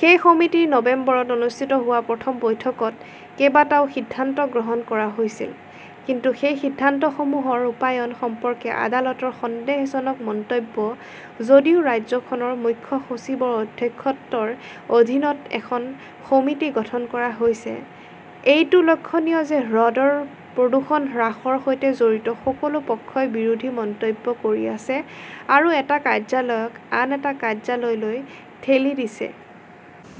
সেই সমিতিৰ নৱেম্বৰত অনুষ্ঠিত হোৱা প্ৰথম বৈঠকত কেইবাটাও সিদ্ধান্ত গ্ৰহণ কৰা হৈছিল। কিন্তু সেই সিদ্ধান্তসমূহৰ ৰূপায়ণ সম্পৰ্কে আদালতৰ সন্দেহজনক মন্তব্য-"যদিও ৰাজ্যখনৰ মুখ্য সচিবৰ অধ্যক্ষত্বৰ অধীনত এখন সমিতি গঠন কৰা হৈছে, এইটো লক্ষণীয় যে হ্ৰদৰ প্ৰদূষণ হ্ৰাসৰ সৈতে জড়িত সকলো পক্ষই বিৰোধী মন্তব্য কৰি আছে আৰু এটা কাৰ্যালয়ক আন এটা কাৰ্যালয়লৈ ঠেলি দিছে।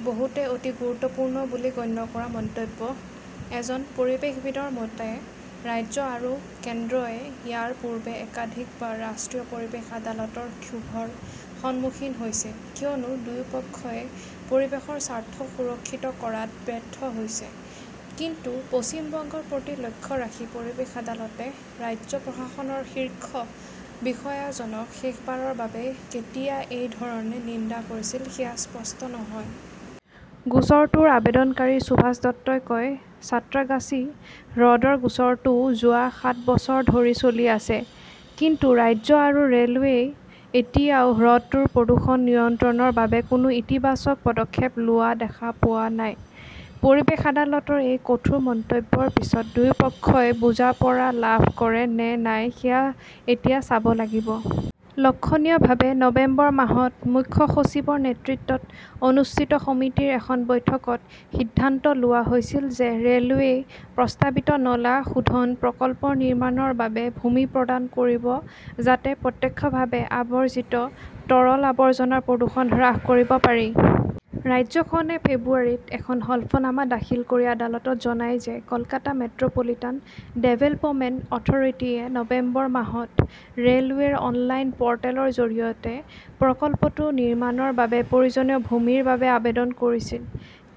বহুতে অতি গুৰুত্বপূৰ্ণ বুলি গণ্য কৰা মন্তব্য। এজন পৰিৱেশবিদৰ মতে, ৰাজ্য আৰু কেন্দ্ৰই ইয়াৰ পূৰ্বে একাধিকবাৰ ৰাষ্ট্ৰীয় পৰিৱেশ আদালতৰ ক্ষোভৰ সন্মুখীন হৈছে কিয়নো দুয়োপক্ষই পৰিৱেশৰ স্বাৰ্থ সুৰক্ষিত কৰাত ব্যৰ্থ হৈছে। কিন্তু পশ্চিম বংগৰ প্ৰতি লক্ষ্য ৰাখি পৰিৱেশ আদালতে ৰাজ্য প্ৰশাসনৰ শীৰ্ষ বিষয়াজনক শেষবাৰৰ বাবে কেতিয়া এই ধৰণে নিন্দা কৰিছিল সেয়া স্পষ্ট নহয়। গোচৰটোৰ আবেদনকাৰী সুভাষ দত্তই কয়, সাঁত্ৰাগাছী হ্ৰদৰ গোচৰটো যোৱা সাত বছৰ ধৰি চলি আছে। কিন্তু ৰাজ্য আৰু ৰে’লৱেই এতিয়াও হ্ৰদটোৰ প্ৰদূষণ নিয়ন্ত্ৰণৰ বাবে কোনো ইতিবাচক পদক্ষেপ লোৱা দেখা পোৱা নাই। পৰিৱেশ আদালতৰ এই কঠোৰ মন্তব্যৰ পিছত দুয়োপক্ষই বুজাপৰা লাভ কৰে নে নাই সেয়া এতিয়া চাব লাগিব। লক্ষণীয়ভাৱে, নৱেম্বৰ মাহত মুখ্য সচিবৰ নেতৃত্বত অনুষ্ঠিত সমিতিৰ এখন বৈঠকত সিদ্ধান্ত লোৱা হৈছিল যে ৰে’লৱেই প্ৰস্তাৱিত নলা শোধন প্ৰকল্প নিৰ্মাণৰ বাবে ভূমি প্ৰদান কৰিব যাতে প্ৰত্যক্ষভাৱে আৱৰ্জিত তৰল আৱৰ্জনাৰ প্ৰদূষণ হ্ৰাস কৰিব পাৰি। ৰাজ্যখনে ফেব্ৰুৱাৰীত এখন হলফনামা দাখিল কৰি আদালতত জনায় যে কলকাতা মেট্ৰ 'পলিটান ডেভেলপমেণ্ট অথৰিটিয়ে নৱেম্বৰ মাহত ৰে' লৱেৰ অনলাইন প 'ৰ্টেলৰ জৰিয়তে প্ৰকল্পটো নিৰ্মাণৰ বাবে প্ৰয়োজনীয় ভূমিৰ বাবে আবেদন কৰিছিল।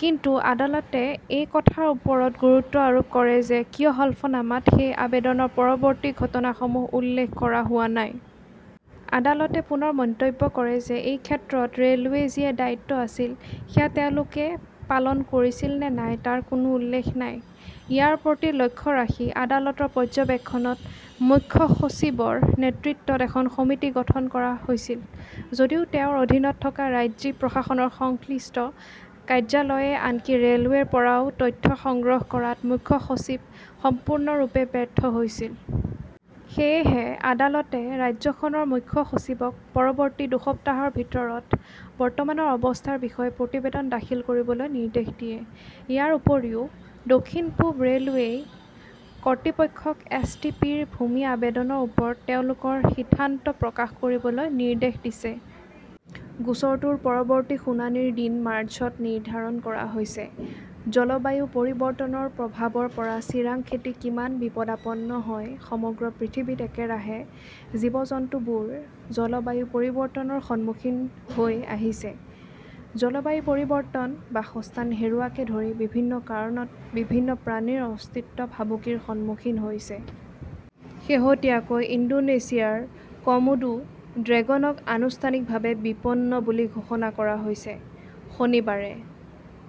কিন্তু আদালতে এই কথাৰ ওপৰত গুৰুত্ব আৰোপ কৰে যে কিয় হলফনামাত সেই আবেদনৰ পৰৱৰ্তী ঘটনাসমূহ উল্লেখ কৰা হোৱা নাই। আদালতে পুনৰ মন্তব্য কৰে যে এই ক্ষেত্ৰত ৰে’লৱেৰ যি দায়িত্ব আছিল সেয়া তেওঁলোকে পালন কৰিছিল নে নাই তাৰ কোনো উল্লেখ নাই। ইয়াৰ প্ৰতি লক্ষ্য ৰাখি, আদালতৰ পৰ্যবেক্ষণত মুখ্য সচিবৰ নেতৃত্বত এখন সমিতি গঠন কৰা হৈছিল যদিও তেওঁৰ অধীনত থকা ৰাজ্যিক প্ৰশাসনৰ সংশ্লিষ্ট কাৰ্যালয়ে আনকি ৰে "লৱেৰ পৰাও তথ্য সংগ্ৰহ কৰাত মুখ্য সচিব সম্পূৰ্ণৰূপে ব্যৰ্থ হৈছিল। সেয়েহে আদালতে ৰাজ্যখনৰ মুখ্য সচিবক পৰৱৰ্তী দুসপ্তাহৰ ভিতৰত বৰ্তমানৰ অৱস্থাৰ বিষয়ে প্ৰতিবেদন দাখিল কৰিবলৈ নিৰ্দেশ দিয়ে। ইয়াৰ উপৰিও, দক্ষিণ-পূব ৰে’লৱেই কৰ্তৃপক্ষক এছ. টি. পি. ৰ ভূমি আবেদনৰ ওপৰত তেওঁলোকৰ সিদ্ধান্ত প্ৰকাশ কৰিবলৈ নিৰ্দেশ দিছে। গোচৰটোৰ পৰৱৰ্তী শুনানিৰ দিন মাৰ্চত নিৰ্ধাৰণ কৰা হৈছে। জলবায়ু পৰিৱৰ্তনৰ প্ৰভাৱৰ পৰা চিংৰা খেতি কিমান বিপদাপন্ন হয় সমগ্ৰ পৃথিৱীত একেৰাহে জীৱ-জন্তুবোৰ জলবায়ু পৰিৱৰ্তনৰ সন্মুখীন হৈ আহিছে। জলবায়ু পৰিৱৰ্তন, বাসস্থান হেৰুওৱাকে ধৰি বিভিন্ন কাৰণত বিভিন্ন প্ৰাণীৰ অস্তিত্ব ভাবুকিৰ সন্মুখীন হৈছে। শেহতীয়াকৈ ইণ্ডোনেছিয়াৰ কমোডো ড্ৰেগনক আনুষ্ঠানিকভাৱে বিপন্ন বুলি ঘোষণা কৰা হৈছে। শনিবাৰে